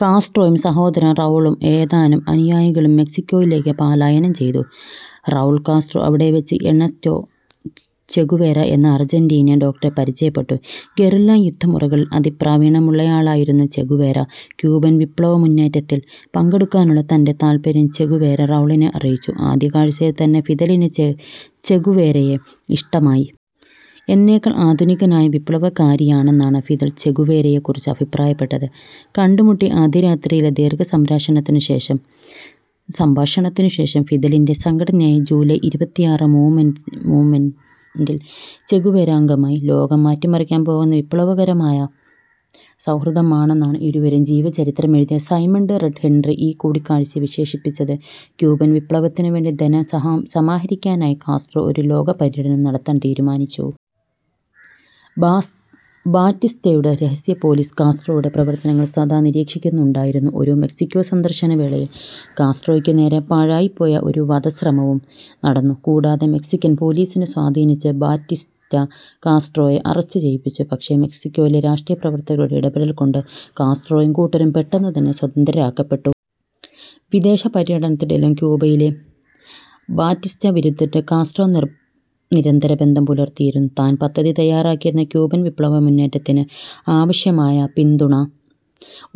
കാസ്ട്രോയും സഹോദരൻ റൗളും ഏതാനം അനുയായികളും മെക്സിക്കോയിലേക്ക് പലായനം ചെയ്തു. റൗൾ കാസ്ട്രോ അവിടെവെച്ച് ഏണസ്റ്റോ ചെഗുവേര എന്ന അർജന്റീനിയൻ ഡോക്ടറെ പരിചയപ്പെട്ടു. ഗറില്ലാ യുദ്ധമുറകളിൽ അതിപ്രാവീണ്യമുള്ളയാളായിരുന്നു ചെഗുവേര. ക്യൂബൻ വിപ്ലവമുന്നേറ്റത്തിൽ പങ്കെടുക്കാനുള്ള തൻ്റെ താൽപര്യം ചെഗുവേര റൗളിനെ അറിയിച്ചു. ആദ്യ കാഴ്ചയിൽത്തന്നെ ഫിദലിന് ചെഗുവേരയെ ഇഷ്ടമായി. എന്നേക്കാൾ ആധുനികനായ വിപ്ലവകാരിയെന്നാണ് ഫിദൽ ചെഗുവേരയെക്കുറിച്ച് അഭിപ്രായപ്പെട്ടത്. കണ്ടുമുട്ടിയ ആദ്യരാത്രിയിലെ ദീർഘസംഭാഷണത്തിനുശേഷം ഫിദലിൻ്റെ സംഘടനയായ ജൂലൈ ഇരുപത്തിയാറ് മൂവ്മെൻറ്റിൽ ചെഗുവേര അംഗമായി. ലോകം മാറ്റിമറിക്കാൻ പോകുന്ന വിപ്ലവകരമായ സൗഹൃദമെന്നാണ് ഇരുവരുടെയും ജീവചരിത്രമെഴുതിയ സൈമണ്ട് റെഡ് ഹെൻട്രി ഈ കൂടിക്കാഴ്ചയെ വിശേഷിപ്പിച്ചത്. ക്യൂബൻ വിപ്ലവത്തിനുവേണ്ടി ധനം സമാഹരിക്കാനായി കാസ്ട്രോ ഒരു ലോകപര്യടനം നടത്താൻ തീരുമാനിച്ചു. ബാറ്റിസ്റ്റയുടെ രഹസ്യ പോലീസ് കാസ്ട്രോയുടെ പ്രവർത്തനങ്ങൾ സദാ നിരീക്ഷിക്കുന്നുണ്ടായിരുന്നു. ഒരു മെക്സിക്കോ സന്ദർശനവേളയിൽ കാസ്ട്രോയ്ക്കുനേരെ പാഴായിപ്പോയ ഒരു വധശ്രമവും നടന്നു. കൂടാതെ, മെക്സിക്കൻ പോലീസിനെ സ്വാധീനിച്ച് ബാറ്റിസ്റ്റ കാസ്ട്രോയെ അറസ്റ്റ് ചെയ്യിച്ചു. പക്ഷേ, മെക്സിക്കോയിലെ രാഷ്ട്രീയ പ്രവർത്തകരുടെ ഇടപെടൽ കൊണ്ട് കാസ്ട്രോയും കൂട്ടരും പെട്ടെന്ന് തന്നെ സ്വതന്ത്രരാക്കപ്പെട്ടു. വിദേശപര്യടനത്തിനിടയിലും ക്യൂബയിലെ ബാറ്റിസ്റ്റ വിരുദ്ധരുമായി കാസ്ട്രോ നിരന്തരബന്ധം പുലർത്തിയിരുന്നു. താൻ പദ്ധതി തയ്യാറാക്കിയിരുന്ന ക്യൂബൻ വിപ്ലവമുന്നേറ്റത്തിന് ആവശ്യമായ പിന്തുണ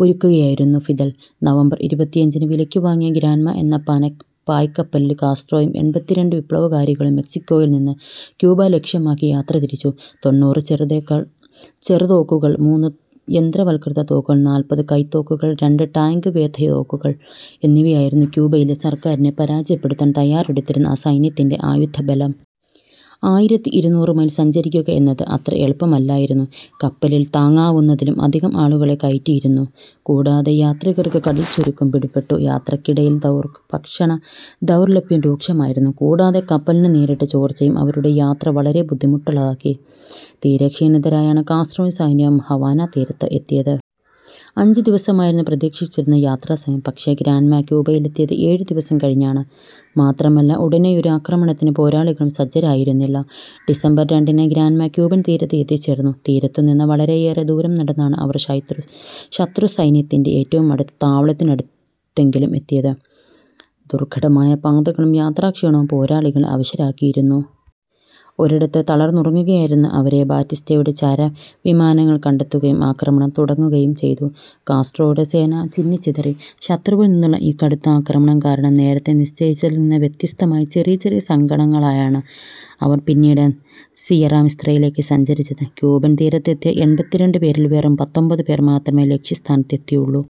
ഒരുക്കുകയായിരുന്നു ഫിദൽ. നവംബർ ഇരുപത്തിയഞ്ചിന് വിലയ്ക്കു വാങ്ങിയ ഗ്രാൻമ എന്ന പായ്ക്കപ്പലിൽ കാസ്ട്രോയും എൺപത്തിരണ്ട് വിപ്ലവകാരികളും മെക്സിക്കോയിൽ നിന്ന് ക്യൂബ ലക്ഷ്യമാക്കി യാത്രതിരിച്ചു. തൊണ്ണൂറ് ചെറുതോക്കുകൾ മൂന്ന് യന്ത്രവൽകൃത തോക്കുകൾ നാൽപ്പത് കൈത്തോക്കുകൾ രണ്ട് ടാങ്ക് വേധ തോക്കുകൾ എന്നിവയായിരുന്നു ക്യൂബയിലെ സർക്കാരിനെ പരാജയപ്പെടുത്താൻ തയ്യാറെടുത്തിരുന്ന ആ സൈന്യത്തിൻ്റെ ആയുധബലം. ആയിരത്തി ഇരുനൂറ് മൈൽ സഞ്ചരിക്കുക എന്നത് അത്ര എളുപ്പമല്ലായിരുന്നു. കപ്പലിൽ താങ്ങാവുന്നതിലും അധികം ആളുകളെ കയറ്റിയിരുന്നു. കൂടാതെ, യാത്രികർക്ക് കടൽച്ചൊരുക്കും പിടിപെട്ടു. യാത്രക്കിടയിൽ ഭക്ഷണദൗർലഭ്യം രൂക്ഷമായിരുന്നു. കൂടാതെ, കപ്പലിന് നേരിട്ട ചോർച്ചയും അവരുടെ യാത്ര വളരെ ബുദ്ധിമുട്ടുള്ളതാക്കി. തീരെ ക്ഷീണിതരായാണ് കാസ്ട്രോയും സൈന്യവും ഹവാന തീരത്ത് എത്തിയത്. അഞ്ച് ദിവസമായിരുന്നു പ്രതീക്ഷിച്ചിരുന്ന യാത്രാസമയം. പക്ഷേ ഗ്രാൻമ ക്യൂബയിലെത്തിയത് ഏഴ് ദിവസം കഴിഞ്ഞാണ്. മാത്രമല്ല ഉടനെയൊരു ആക്രമണത്തിന് പോരാളികളും സജ്ജരായിരുന്നില്ല. ഡിസംബർ രണ്ടിന് ഗ്രാൻമ ക്യൂബൻ തീരത്ത് എത്തിച്ചേർന്നു. തീരത്തുനിന്ന് വളരെയേറെ ദൂരം നടന്നാണ് അവർ ശത്രുസൈന്യത്തിൻ്റെ ഏറ്റവും അടുത്ത താവളത്തിനടുത്തെങ്കിലും എത്തിയത്. ദുർഘടമായ പാതകളും യാത്രാക്ഷീണവും പോരാളികളെ അവശരാക്കിയിരുന്നു. ഒരിടത്ത് തളർന്നുറങ്ങുകയായിരുന്ന അവരെ ബാറ്റിസ്റ്റയുടെ ചാരവിമാനങ്ങൾ കണ്ടെത്തുകയും ആക്രമണം തുടങ്ങുകയും ചെയ്തു. കാസ്ട്രോയുടെ സേന ചിന്നിച്ചിതറി. ശത്രുവിൽ നിന്നുള്ള ഈ കടുത്ത ആക്രമണം കാരണം നേരത്തേ നിശ്ചയിച്ചതിൽ നിന്ന് വ്യത്യസ്തമായി ചെറിയ ചെറിയ സംഘങ്ങളായാണ് അവർ പിന്നീട് സിയറ മിസ്ത്രയിലേക്ക് സഞ്ചരിച്ചത്. ക്യൂബൻ തീരത്ത് എത്തിയ എൺപത്തിരണ്ട് പേരിൽ വെറും പത്തൊൻപത് പേർ മാത്രമേ ലക്ഷ്യസ്ഥാനത്ത് എത്തിയുള്ളു.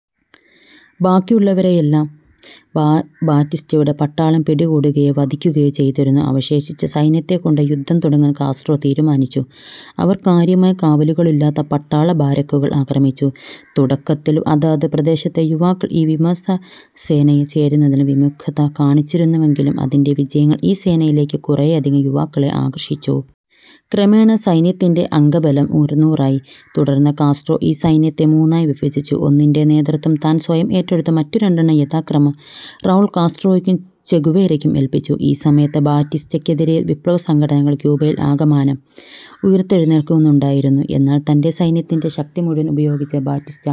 ബാക്കിയുള്ളവരെയെല്ലാം ബാറ്റിസ്റ്റയുടെ പട്ടാളം പിടികൂടുകയോ വധിക്കുകയോ ചെയ്തിരുന്നു. അവശേഷിച്ച സൈന്യത്തെക്കൊണ്ട് യുദ്ധം തുടങ്ങാൻ കാസ്ട്രോ തീരുമാനിച്ചു. അവർ കാര്യമായ കാവലുകളില്ലാത്ത പട്ടാള ബാരക്കുകൾ ആക്രമിച്ചു. തുടക്കത്തിൽ അതത് പ്രദേശത്തെ യുവാക്കൾ ഈ വിമതസേനയിൽ ചേരുന്നതിൽ വിമുഖത കാണിച്ചിരുന്നുവെങ്കിലും, അതിൻ്റെ വിജയങ്ങൾ ഈ സേനയിലേക്ക് കുറെയധികം യുവാക്കളെ ആകർഷിച്ചു. ക്രമേണ സൈന്യത്തിൻ്റെ അംഗബലം ഇരുന്നൂറായി. തുടർന്ന് കാസ്ട്രോ ഈ സൈന്യത്തെ മൂന്നായി വിഭജിച്ചു. ഒന്നിൻ്റെ നേതൃത്വം താൻ സ്വയം ഏറ്റെടുത്ത് മറ്റു രണ്ടെണ്ണം യഥാക്രമം റൗൾ കാസ്ട്രോയ്ക്കും ചെഗുവേരയ്ക്കും ഏൽപ്പിച്ചു. ഈ സമയത്ത് ബാറ്റിസ്റ്റക്കെതിരെ വിപ്ലവസംഘടനകൾ ക്യൂബയിൽ ആകമാനം ഉയിർത്തെഴുന്നേൽക്കുന്നുണ്ടായിരുന്നു. എന്നാൽ തൻ്റെ സൈന്യത്തിൻ്റെ ശക്തി മുഴുവൻ ഉപയോഗിച്ച് ബാറ്റിസ്റ്റ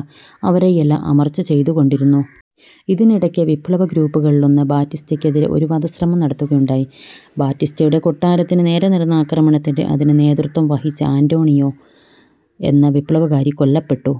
അവരെയെല്ലാം അമർച്ച ചെയ്തുകൊണ്ടിരുന്നു. ഇതിനിടയ്ക്ക് വിപ്ലവഗ്രൂപ്പുകളിലൊന്ന് ബാറ്റിസ്റ്റക്കെതിരെ ഒരു വധശ്രമം നടത്തുകയുണ്ടായി. ബാറ്റിസ്റ്റയുടെ കൊട്ടാരത്തിന് നേരെ നടന്ന ആക്രമണത്തിനിടെ അതിന് നേതൃത്വം വഹിച്ച ആന്റോണിയോ എന്ന വിപ്ലവകാരി കൊല്ലപ്പെട്ടു.